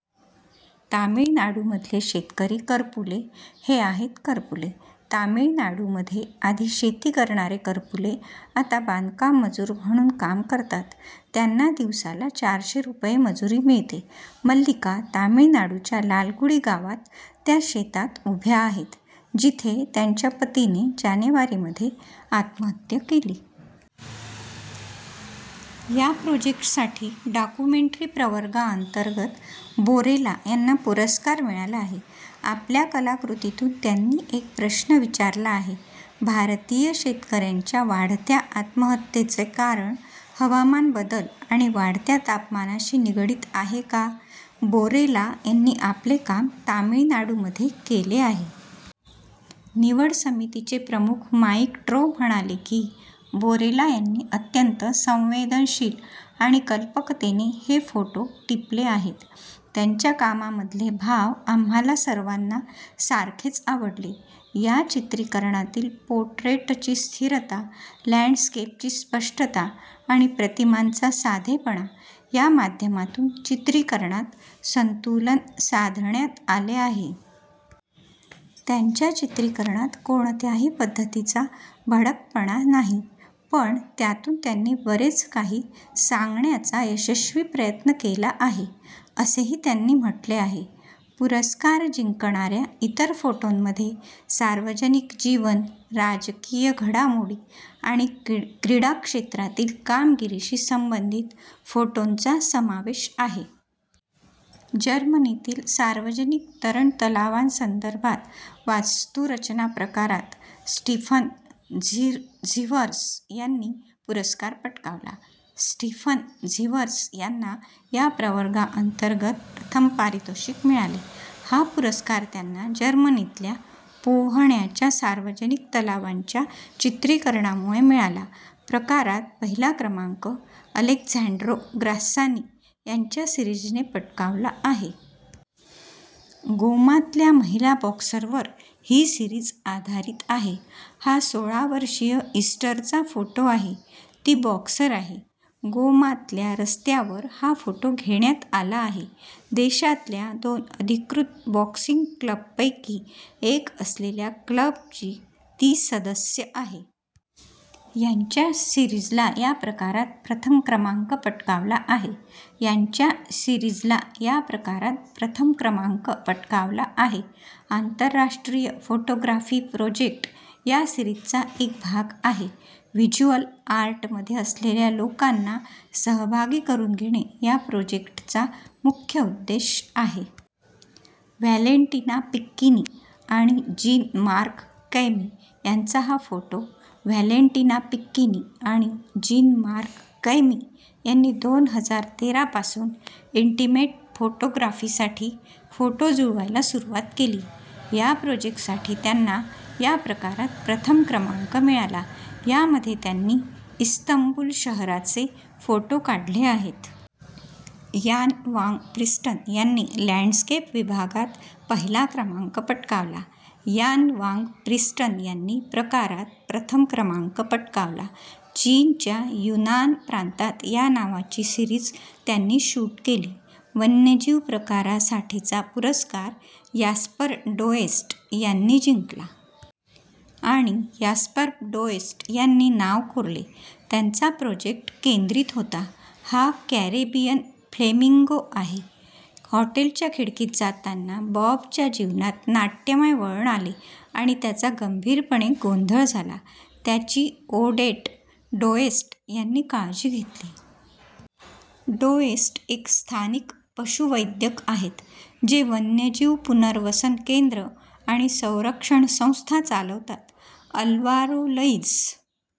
तामिळनाडूमधले शेतकरी करपुले हे आहेत करपुले. तामिळनाडूमध्ये आधी शेती करणारे करपुले आता बांधकाम मजूर म्हणून काम करतात. त्यांना दिवसाला चारशे रुपये मजुरी मिळते. मल्लिका तामिळनाडूच्या लालगुढी गावात त्या शेतात उभ्या आहेत, जिथे त्यांच्या पतीने जानेवारीमध्ये आत्महत्या केली. या प्रोजेक्टसाठी डॉक्युमेंटरी प्रवर्गाअंतर्गत बोरेला यांना पुरस्कार मिळाला आहे. आपल्या कलाकृतीतून त्यांनी एक प्रश्न विचारला आहे - भारतीय शेतकऱ्यांच्या वाढत्या आत्महत्येचे कारण हवामान बदल आणि वाढत्या तापमानाशी निगडित आहे का? बोरेला यांनी आपले काम तामिळनाडूमध्ये केले आहे. निवड समितीचे प्रमुख माईक ट्रो म्हणाले की, "बोरेला यांनी अत्यंत संवेदनशील आणि कल्पकतेने हे फोटो टिपले आहेत. त्यांच्या कामामधले भाव आम्हाला सर्वांना सारखेच आवडले." "या चित्रीकरणातील पोट्रेटची स्थिरता, लँडस्केपची स्पष्टता आणि प्रतिमांचा साधेपणा, या माध्यमातून चित्रीकरणात संतुलन साधण्यात आले आहे. त्यांच्या चित्रीकरणात कोणत्याही पद्धतीचा भडकपणा नाही, पण त्यातून त्यांनी बरेच काही सांगण्याचा यशस्वी प्रयत्न केला आहे," असेही त्यांनी म्हटले आहे. पुरस्कार जिंकणाऱ्या इतर फोटोंमध्ये सार्वजनिक जीवन, राजकीय घडामोडी आणि क्रीडा क्षेत्रातील कामगिरीशी संबंधित फोटोंचा समावेश आहे. जर्मनीतील सार्वजनिक तरण तलावांसंदर्भात वास्तूरचना प्रकारात स्टीफन झिर्व्हस यांनी पुरस्कार पटकावला. स्टीफन झिर्व्हस यांना या प्रवर्गाअंतर्गत प्रथम पारितोषिक मिळाले. हा पुरस्कार त्यांना जर्मनीतल्या पोहण्याच्या सार्वजनिक तलावांच्या चित्रीकरणामुळे मिळाला. प्रकारात पहिला क्रमांक अलेक्झांड्रो ग्रास्सानी यांच्या सिरिजने पटकावला आहे. गोमातल्या महिला बॉक्सरवर ही सिरिज आधारित आहे. हा सोळा वर्षीय ईस्टरचा फोटो आहे. ती बॉक्सर आहे. गोमातल्या रस्त्यावर हा फोटो घेण्यात आला आहे. देशातल्या दोन अधिकृत बॉक्सिंग क्लबपैकी एक असलेल्या क्लबची ती सदस्य आहे. यांच्या सिरिजला या प्रकारात प्रथम क्रमांक पटकावला आहे. यांच्या सिरिजला या प्रकारात प्रथम क्रमांक पटकावला आहे. आंतरराष्ट्रीय फोटोग्राफी प्रोजेक्ट या सिरिजचा एक भाग आहे. व्हिज्युअल आर्टमध्ये असलेल्या लोकांना सहभागी करून घेणे, या प्रोजेक्टचा मुख्य उद्देश आहे. व्हॅलेंटिना पिक्किनी आणि जीन मार्क कैमी यांचा हा फोटो व्हॅलेंटिना पिक्किनी आणि जीन-मार्क कैमी यांनी दोन हजार तेरापासून इंटिमेट फोटोग्राफीसाठी फोटो जुळवायला सुरुवात केली. या प्रोजेक्टसाठी त्यांना या प्रकारात प्रथम क्रमांक मिळाला. यामध्ये त्यांनी इस्तंबुल शहराचे फोटो काढले आहेत. यान वांग प्रिस्टन यांनी लँडस्केप विभागात पहिला क्रमांक पटकावला. यान वांग प्रिस्टन यांनी प्रकारात प्रथम क्रमांक पटकावला. चीनच्या यूनान प्रांतात या नावाची सिरिज त्यांनी शूट केली. वन्यजीव प्रकारासाठीचा पुरस्कार यास्पर डोएस्ट यांनी जिंकला. आणि यास्पर डोएस्ट यांनी नाव कोरले. त्यांचा प्रोजेक्ट केंद्रित होता. हा कॅरेबियन फ्लेमिंगो आहे. हॉटेलच्या खिडकीत जाताना बॉबच्या जीवनात नाट्यमय वळण आले आणि त्याचा गंभीरपणे गोंधळ झाला. त्याची ओडेट डोएस्ट यांनी काळजी घेतली. डोएस्ट एक स्थानिक पशुवैद्यक आहेत, जे वन्यजीव पुनर्वसन केंद्र आणि संरक्षण संस्था चालवतात. अल्वारो लईझ